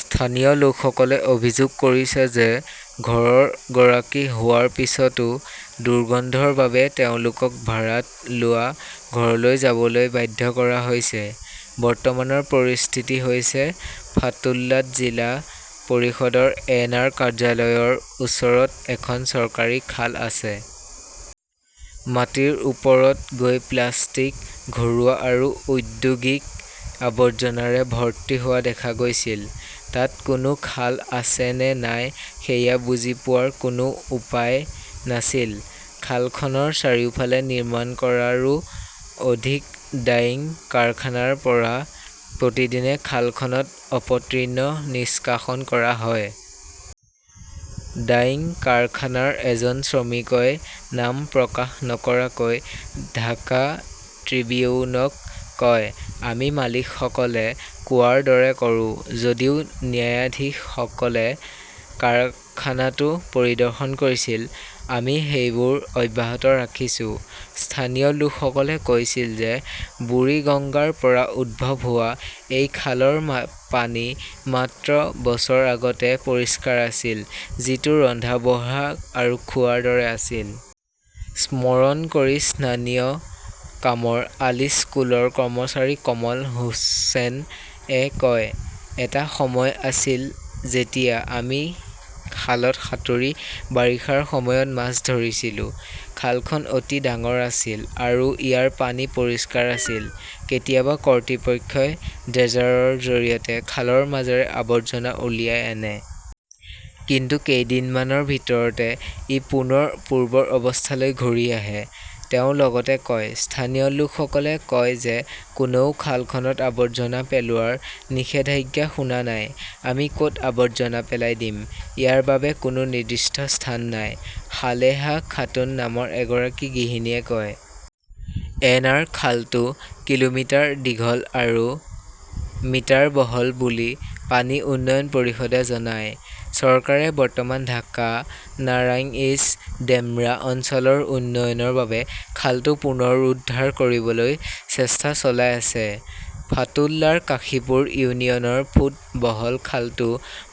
স্থানীয় লোকসকলে অভিযোগ কৰিছে যে ঘৰৰ গৰাকী হোৱাৰ পিছতো দুৰ্গন্ধৰ বাবে তেওঁলোকক ভাড়াত লোৱা ঘৰলৈ যাবলৈ বাধ্য কৰা হৈছে। বৰ্তমানৰ পৰিস্থিতি হৈছে ফাতুল্লাত জিলা পৰিষদৰ এন. আৰ. কাৰ্যালয়ৰ ওচৰত এখন চৰকাৰী খাল আছে। মাটিৰ ওপৰত গৈ প্লাষ্টিক, ঘৰুৱা আৰু ঔদ্যোগিক আৱৰ্জনাৰে ভৰ্তি হোৱা দেখা গৈছিল। তাত কোনো খাল আছে নে নাই সেয়া বুজি পোৱাৰ কোনো উপায় নাছিল। খালখনৰ চাৰিওফালে নিৰ্মাণ কৰা ৰো অধিক ডাইং কাৰখানাৰ পৰা প্ৰতিদিনে খালখনত অপতৃণ নিষ্কাশন কৰা হয়। ডাইং কাৰখানাৰ এজন শ্ৰমিকই নাম প্ৰকাশ নকৰাকৈ ঢাকা ট্ৰিবিউনক কয়, "আমি মালিকসকলে কোৱাৰ দৰে কৰোঁ। যদিও ন্যায়াধীশসকলে কাৰখানাটো পৰিদৰ্শন কৰিছিল, আমি সেইবোৰ অব্যাহত ৰাখিছো। "স্থানীয় লোকসকলে কৈছিল যে বুৰিগঙ্গাৰ পৰা উদ্ভৱ হোৱা এই খালৰ পানী মাত্ৰ বছৰ আগতে পৰিষ্কাৰ আছিল, যিটো ৰন্ধা-বঢ়া আৰু খোৱাৰ দৰে আছিল। স্মৰণ কৰি স্থানীয় কামৰ আলী স্কুলৰ কৰ্মচাৰী কমল হোসেন -এ কয়, "এটা সময় আছিল যেতিয়া আমি খালত সাঁতুৰি বাৰিষাৰ সময়ত মাছ ধৰিছিলো। খালখন অতি ডাঙৰ আছিল আৰু ইয়াৰ পানী পৰিষ্কাৰ আছিল। "" কেতিয়াবা কৰ্তৃপক্ষই ড্ৰেজাৰৰ জৰিয়তে খালৰ মাজেৰে আৱৰ্জনা উলিয়াই আনে। কিন্তু কেইদিনমানৰ ভিতৰতে ই পুনৰ পূৰ্বৰ অৱস্থালৈ ঘূৰি আহে ", তেওঁ লগতে কয়। স্থানীয় লোকসকলে কয় যে কোনেও খালখনত আৱৰ্জনা পেলোৱাৰ নিষেধাজ্ঞা শুনা নাই। "আমি ক" ত আৱৰ্জনা পেলাই দিম? " ইয়াৰ বাবে কোনো নিৰ্দিষ্ট স্থান নাই ", সালেহা খাতুন নামৰ এগৰাকী গৃহিণীয়ে কয়। এন. আৰ. খালটো কিলোমিটাৰ দীঘল আৰু মিটাৰ বহল বুলি পানী উন্নয়ন পৰিষদে জনায়। চৰকাৰে বৰ্তমান ঢাকা-নাৰাংইজ-ডেমৰা অঞ্চলৰ উন্নয়নৰ বাবে খালটো পুনৰুদ্ধাৰ কৰিবলৈ চেষ্টা চলাই আছে। ফাতুল্লাৰ কাশীপুৰ ইউনিয়নৰ ফুট বহল খালটো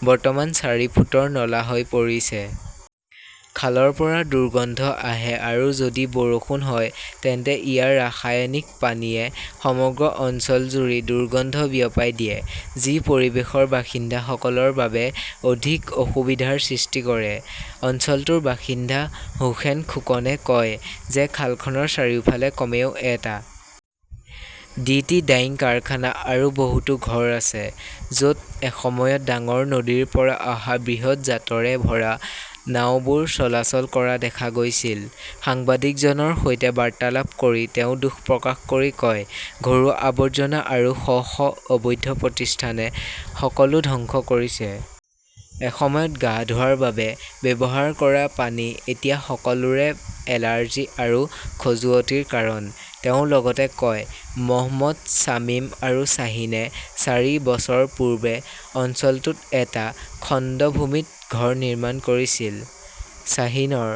বৰ্তমান চাৰি ফুটৰ নলা হৈ পৰিছে। খালৰ পৰা দুৰ্গন্ধ আহে আৰু যদি বৰষুণ হয় তেন্তে ইয়াৰ ৰাসায়নিক পানীয়ে সমগ্ৰ অঞ্চলজুৰি দুৰ্গন্ধ বিয়পাই দিয়ে, যি পৰিৱেশৰ বাসিন্দাসকলৰ বাবে অধিক অসুবিধাৰ সৃষ্টি কৰে। অঞ্চলটোৰ বাসিন্দা হোসেন খোকনে কয় যে খালখনৰ চাৰিওফালে কমেও এটা <আই. ডি. টি ডাইং কাৰখানা আৰু বহুতো ঘৰ আছে য 'ত এসময়ত ডাঙৰ নদীৰ পৰা অহা বৃহৎ জাটৰে ভৰা নাওবোৰ চলাচল কৰা দেখা গৈছিল। সাংবাদিকজনৰ সৈতে বাৰ্তালাপ কৰি তেওঁ দুখ প্ৰকাশ কৰি কয়, "ঘৰুৱা আৱৰ্জনা আৰু শ শ অবৈধ প্ৰতিষ্ঠানে সকলো ধ্বংস কৰিছে। " "এসময়ত গা ধোৱাৰ বাবে ব্যৱহাৰ কৰা পানী এতিয়া সকলোৰে এলাৰ্জি আৰু খজুৱতিৰ কাৰণ", তেওঁ লগতে কয়। "মহম্মদ শ্বামীম আৰু শ্বাহীনে চাৰি বছৰ পূৰ্বে অঞ্চলটোত এটা খণ্ড ভূমিত ঘৰ নিৰ্মাণ কৰিছিল। শ্বাহীনৰ